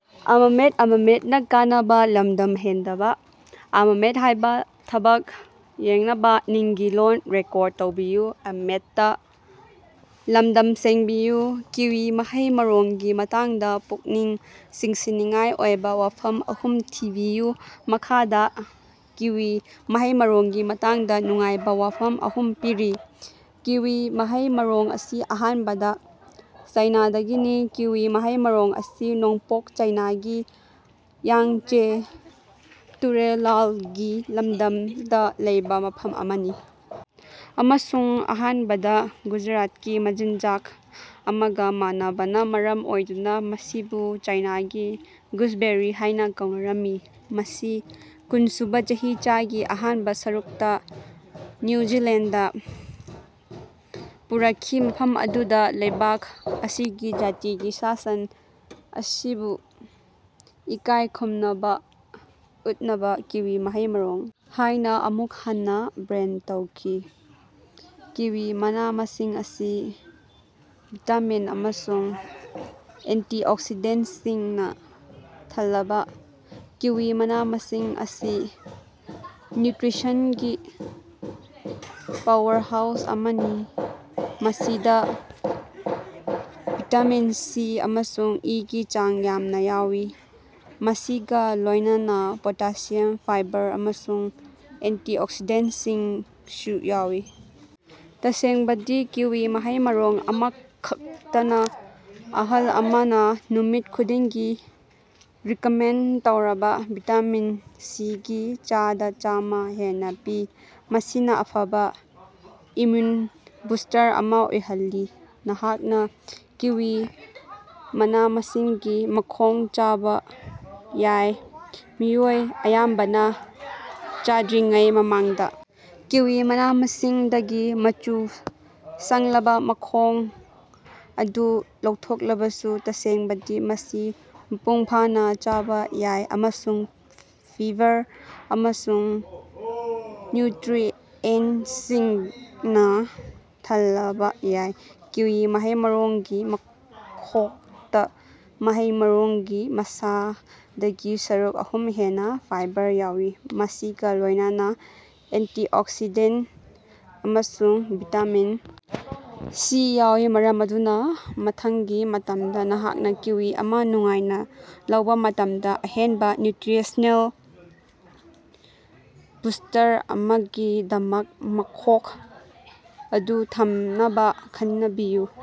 Kiwi ꯃꯍꯩ-ꯃꯔꯣꯡꯒꯤ ꯃꯇꯥꯡꯗ ꯄꯨꯛꯅꯤꯡ ꯆꯤꯡꯁꯤꯟꯅꯤꯡꯉꯥꯏ ꯑꯣꯏꯕꯥ ꯋꯥꯐꯝ ꯑꯍꯨꯝ ꯊꯤꯕꯤꯌꯨ꯫ ꯃꯈꯥꯗꯥ ꯀꯤꯋꯤ ꯃꯍꯩ-ꯃꯔꯣꯡꯒꯤ ꯃꯇꯥꯡꯗꯥ ꯅꯨꯡꯉꯥꯏꯕꯥ ꯋꯥꯐꯝ ꯑꯍꯨꯝ ꯄꯤꯔꯤ: ꯀꯤꯋꯤ ꯃꯍꯩ-ꯃꯔꯣꯡ ꯑꯁꯤ ꯑꯍꯥꯟꯕꯗ ꯆꯥꯏꯅꯥꯗꯒꯤꯅꯤ: ꯀꯤꯋꯤ ꯃꯍꯩ-ꯃꯔꯣꯡ ꯑꯁꯤ ꯅꯣꯡꯄꯣꯛ ꯆꯥꯏꯅꯥꯒꯤ ꯌꯥꯡꯆꯦ ꯇꯨꯔꯦꯂꯜꯒꯤ ꯂꯝꯗꯝꯗ ꯂꯩꯕꯥ ꯃꯐꯝ ꯑꯃꯅꯤ ꯑꯃꯁꯨꯡ ꯑꯍꯥꯟꯕꯗ ꯒꯨꯖꯔꯥꯇꯀꯤ ꯃꯆꯤꯟꯖꯥꯛ ꯑꯃꯒ ꯃꯥꯟꯅꯕꯅ ꯃꯔꯝ ꯑꯣꯏꯗꯨꯅ ꯃꯁꯤꯕꯨ "ꯆꯥꯏꯅꯥꯒꯤ ꯒꯨꯖꯕꯦꯔꯤ" ꯍꯥꯢꯅ ꯀꯧꯅꯔꯝꯃꯤ꯫ ꯃꯁꯤ ꯀꯨꯟꯁꯨꯕ ꯆꯍꯤꯆꯥꯒꯤ ꯑꯍꯥꯟꯕ ꯁꯔꯨꯛꯇ ꯅ꯭ꯌꯨ ꯖꯤꯂꯦꯟꯗꯗꯥ ꯄꯨꯔꯛꯈꯤ ꯃꯐꯝ ꯑꯗꯨꯗ ꯂꯩꯕꯥꯛ ꯑꯁꯤꯒꯤ ꯖꯥꯇꯤꯒꯤ ꯁꯥ-ꯁꯟ ꯑꯁꯤꯕꯨ ꯏꯀꯥꯢ ꯈꯨꯝꯅꯕ ꯎꯠꯅꯕ ꯀꯤꯋꯤ ꯃꯍꯩ-ꯃꯔꯣꯡ ꯍꯥꯢꯅ ꯑꯃꯨꯛ ꯍꯟꯅꯥ ꯕ꯭ꯔꯦꯟꯗ ꯇꯧꯈꯤ꯫ ꯀꯤꯋꯤ ꯃꯅꯥ-ꯃꯁꯤꯡ ꯑꯁꯤ ꯚꯤꯇꯥꯃꯤꯟ ꯑꯃꯁꯨꯡ ꯑꯦꯟꯇꯤꯑꯣꯛꯁꯤꯗꯦꯟꯇꯁꯤꯡꯅ ꯊꯜꯂꯕꯥ: ꯀꯤꯋꯤ ꯃꯅꯥ-ꯃꯁꯤꯡ ꯑꯁꯤ ꯅ꯭ꯌꯨꯇ꯭ꯔꯤꯁꯟꯒꯤ ꯄꯥꯋꯔꯍꯥꯎꯁ ꯑꯃꯅꯤ ꯃꯁꯤꯗ ꯚꯤꯇꯥꯃꯤꯟ ꯁꯤ ꯑꯃꯁꯨꯡ ꯏꯒꯤ ꯆꯥꯡ ꯌꯥꯝꯅꯥ ꯌꯥꯎꯏ ꯃꯁꯤꯒꯥ ꯂꯣꯢꯅꯅꯥ ꯄꯣꯇꯥꯁꯤꯌꯝ, ꯐꯥꯏꯕꯔ ꯑꯃꯁꯨꯡ ꯑꯦꯟꯇꯤꯑꯣꯛꯁꯤꯗꯦꯟꯇꯁꯤꯡꯁꯨ ꯌꯥꯎꯏ꯫ ꯇꯁꯦꯡꯕꯗꯤ ꯀꯤꯋꯤ ꯃꯍꯩ ꯃꯔꯣꯡ ꯑꯃꯈꯛꯇꯅ ꯑꯍꯜ ꯑꯃꯅ ꯅꯨꯃꯤꯠ ꯈꯨꯗꯤꯡꯒꯤ ꯔꯤꯀꯃꯦꯟꯗ ꯇꯧꯔꯕ ꯚꯤꯇꯥꯃꯤꯟ ꯁꯤꯒꯤ ꯆꯥꯗꯥ ꯆꯥꯝꯃ ꯍꯦꯟꯅ ꯄꯤ ꯃꯁꯤꯅ ꯑꯐꯕꯥ ꯏꯝꯃꯌꯨꯟ ꯕꯨꯁ꯭ꯇꯔ ꯑꯃ ꯑꯣꯏꯍꯜꯂꯤ꯫ ꯅꯍꯥꯛꯅ ꯀꯤꯋꯤ ꯃꯅꯥ-ꯃꯁꯤꯡꯒꯤ ꯃꯈꯣꯡ ꯆꯥꯕꯥ ꯌꯥꯏ: ꯃꯤꯑꯣꯏ ꯑꯌꯥꯝꯕꯅ ꯆꯥꯗ꯭ꯔꯤꯉꯩ ꯃꯃꯥꯡꯗ ꯀꯤꯋꯤ ꯃꯅꯥ-ꯃꯁꯤꯡꯗꯒꯤ ꯃꯆꯨ ꯁꯪꯂꯕ ꯃꯈꯣꯡ ꯑꯗꯨ ꯂꯧꯊꯣꯛꯂꯕꯁꯨ ꯇꯁꯦꯡꯕꯗꯤ ꯃꯁꯤ ꯃꯄꯨꯡꯐꯥꯅ ꯆꯥꯕꯥ ꯌꯥꯏ ꯑꯃꯁꯨꯡ ꯐꯤꯕꯔ ꯑꯃꯁꯨꯡ ꯅ꯭ꯌꯨꯇ꯭ꯔꯤꯑꯦꯟꯇꯁꯤꯡꯅ ꯊꯜꯂꯕ ꯌꯥꯏ꯫ ꯀꯤꯋꯤ ꯃꯍꯩ-ꯃꯔꯣꯡꯒꯤ ꯃꯈꯣꯛꯇ ꯃꯍꯩ-ꯃꯔꯣꯡꯒꯤ ꯃꯁꯥꯗꯒꯤ ꯁꯔꯨꯛ ꯑꯍꯨꯝ ꯍꯦꯟꯅꯥ ꯐꯥꯏꯕꯔ ꯌꯥꯎꯏ ꯃꯁꯤꯒꯥ ꯂꯣꯢꯅꯅꯥ ꯑꯦꯟꯇꯤꯑꯣꯛꯁꯤꯗꯦꯟꯇ ꯑꯃꯁꯨꯡ ꯚꯤꯇꯥꯃꯤꯟ ꯁꯤ ꯌꯥꯎꯏ ꯃꯔꯝ ꯑꯗꯨꯅ ꯃꯊꯪꯒꯤ ꯃꯇꯝꯗ ꯅꯍꯥꯛꯅ ꯀꯤꯋꯤ ꯑꯃ ꯅꯨꯡꯉꯥꯏꯅꯥ ꯂꯧꯕꯥ ꯃꯇꯝꯗ ꯑꯍꯦꯟꯕ ꯅ꯭ꯌꯨꯇ꯭ꯔꯤꯁꯅꯦꯜ ꯕꯨꯁ꯭ꯇꯔ ꯑꯃꯒꯤꯗꯃꯛ ꯃꯈꯣꯛ ꯑꯗꯨ ꯊꯝꯅꯕꯥ ꯈꯟꯅꯕꯤꯌꯨ꯫